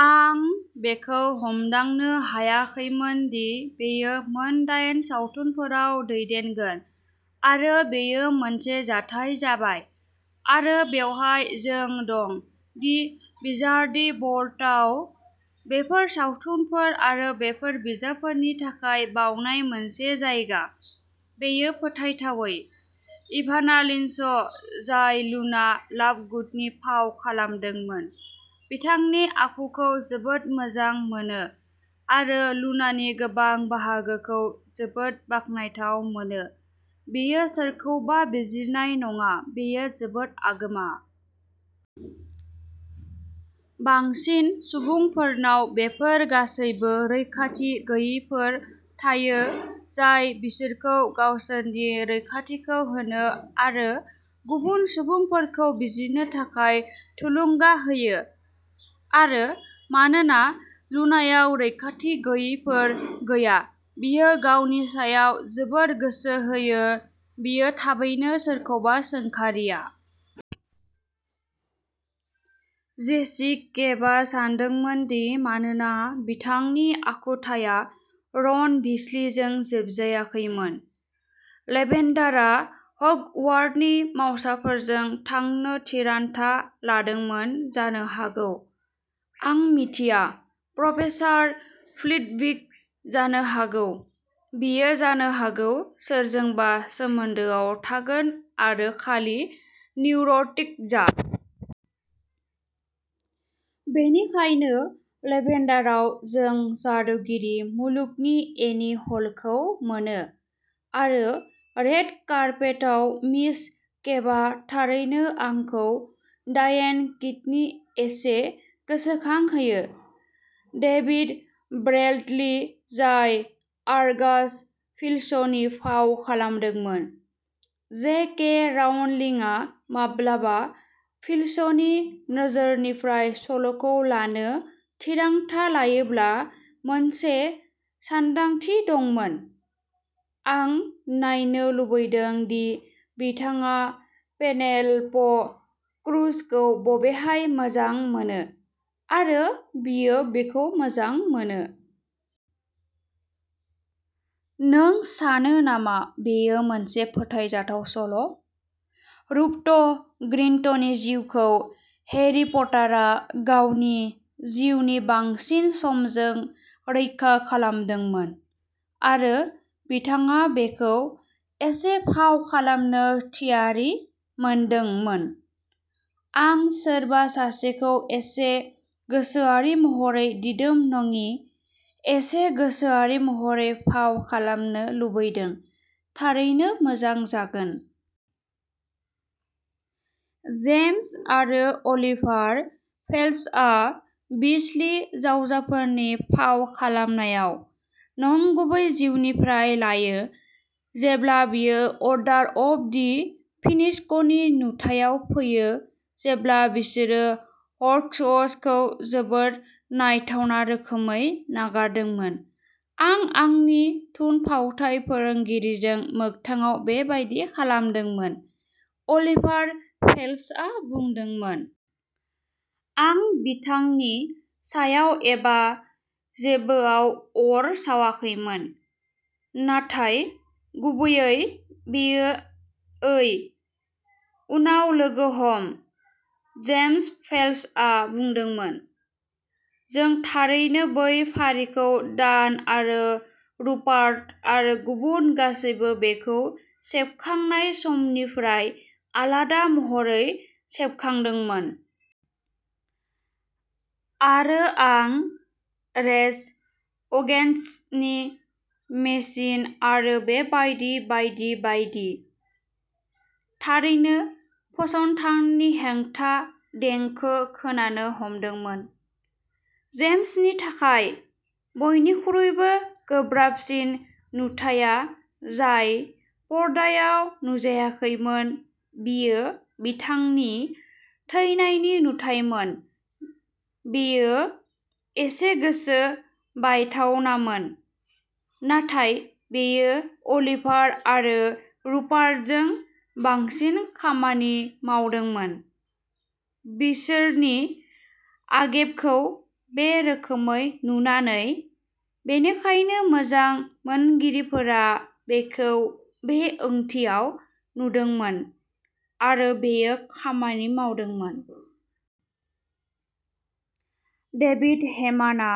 आं बेखौ हमदांनो हायाखैमोन दि बेयो मोनदाइन सावथुनफोराव दैदेनगोन, आरो बेयो मोनसे जाथाय जाबाय। आरो बेवहाय जों दं, दि विजार्डिं वर्ल्डआव, बेफोर सावथुनफोर आरो बेफोर बिजाबफोरनि थाखाय बावनाय मोनसे जायगा। बेयो फोथायथावै। "इभाना लिन्च, जाय लुना लाभगुडनि फाव खालामदोंमोन, बिथांनि आखुखौ जोबोद मोजां मोनो, आरो लुनानि गोबां बाहागोखौ जोबोद बाखनायथाव मोनो" बियो सोरखौबा बिजिरनाय नङा, बेयो जोबोद आगोमा। बांसिन सुबुंफोरनाव बेफोर गासैबो रैखाथि गैयैफोर थायो जाय बिसोरखौ गावसोरनि रैखाथिखौ होनो आरो गुबुन सुबुंफोरखौ बिजिरनो थाखाय थुलुंगा होयो। आरो मानोना लुनायाव रैखाथि गैयैफोर गैया, बियो गावनि सायाव जोबोद गोसो होयो। बियो थाबैनो सोरखौबा सोंखारिया। "जेसि केवआ सानदोंमोन दि मानोना बिथांनि आखुथाया रन वीसलिजों जोबजायाखैमोन, लेभेन्डारा हगवार्टनि मावसाफोरजों थांनो थिरांथा लादोंमोन जानो हागौ" आं मिथिया, प्रफेसार फ्लिटविक, जानो हागौ? बियो जानो हागौ सोरजोंबा सोमोन्दोआव थागोन आरो खालि निउर'टिक जा। "बेनिखायनो लेभेन्डारआव जों जादुगिरि मुलुगनि एनी हलखौ मोनो, आरो रेड कार्पेटआव मिस केभआ थारैनो आंखौ डायेन किटननि एसे गोसोखांहोयो। डेभिड ब्रेडलि, जाय आर्गास फिल्चनि फाव खालामदोंमोन, जे. के. राउलिंआ माब्लाबा फिल्चनि नोजोरनिफ्राय सल'खौ लानो थिरांथा लायोब्ला मोनसे सानदांथि दंमोन" आं नायनो लुबैदों दि बिथाङा पेनेल'प क्रुजखौ बबेहाय मोजां मोनो, आरो बियो बिखौ मोजां मोनो। नों सानो नामा बेयो मोनसे फोथायजाथाव सल'? "रुपर्ट ग्रिन्टनि जिउखौ हैरी पटारआ गावनि जिउनि बांसिन समजों रोखा खालामदोंमोन, आरो बिथाङा बेखौ एसे फाव खालामनो थियारि मोनदोंमोन" आं सोरबा सासेखौ एसे गोसोआरि महरै दिदोम नङि, एसे गोसोआरि महरै फाव खालामनो लुबैदों, थारैनो मोजां जागोन। "जेम्स आरो अलिभार फेल्प्सआ, वीसलि जावजाफोरनि फाव खालामनायाव, नंगुबै जिउनिफ्राय लायो जेब्ला बेयो अर्डार अफ दि फिनिक्सनि नुथायाव फैयो जेब्ला बिसोरो हगवर्ट्सखौ जोबोद नायथावना रोखोमै नागारदोंमोन "आं आंनि थुनफावथाय फोरोंगिरिजों मोगथाङाव बेबादि खालामदोंमोन", अलिभार फेल्प्सआ बुंदोंमोन। "आं बिथांनि सायाव एबा जेबोआव अर सावाखैमोन, नाथाय गुबैयै बेयो ओइ, उनाव लोगो हम!" जेम्स फेल्प्सआ बुंदोंमोन, "जों थारैनो बै फारिखौ दान आरो रुपार्ट आरो गुबुन गासैबो बेखौ सेबखांनाय समनिफ्राय आलादा महरै सेबखांदोंमोन। आरो आं रेज अगेन्स्ट दि मेसिन आरो बेबादि बायदि बायदि, थारैनो फसंथाननि हेंथा देंखो खोनानो हमदोंमोन।" जेम्सनि थाखाय, बयनिख्रुइबो गोब्राबसिन नुथाया जाय पर्दायाव नुजायाखैमोन बेयो बिथांनि थैनायनि नुथाइमोन "बेयो एसे गोसो बायथावनामोन। नाथाय बेयो अलिभार आरो रुपार्टजों बांसिन खामानि मावदोंमोन, बिसोरनि आबेगखौ बे रोखोमै नुनानै, बेनिखायनो मोजां मोनगिरिफोरा बेखौ बे ओंथियाव नुदोंमोन, आरो बेयो खामानि मावदोंमोन।" डेभिड हेमानआ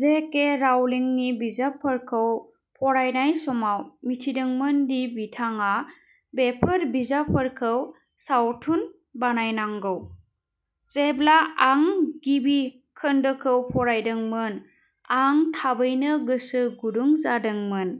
जे. के. राउलिंनि बिजाबफोरखौ फरायनाय समाव मिथिदोंमोन दि बिथाङा बेफोर बिजाबफोरखौ सावथुन बानायनांगौ। "जेब्ला आं गिबि खोन्दोखौ फरायदोंमोन आं थाबैनो गोसो गुदुं जादोंमोन।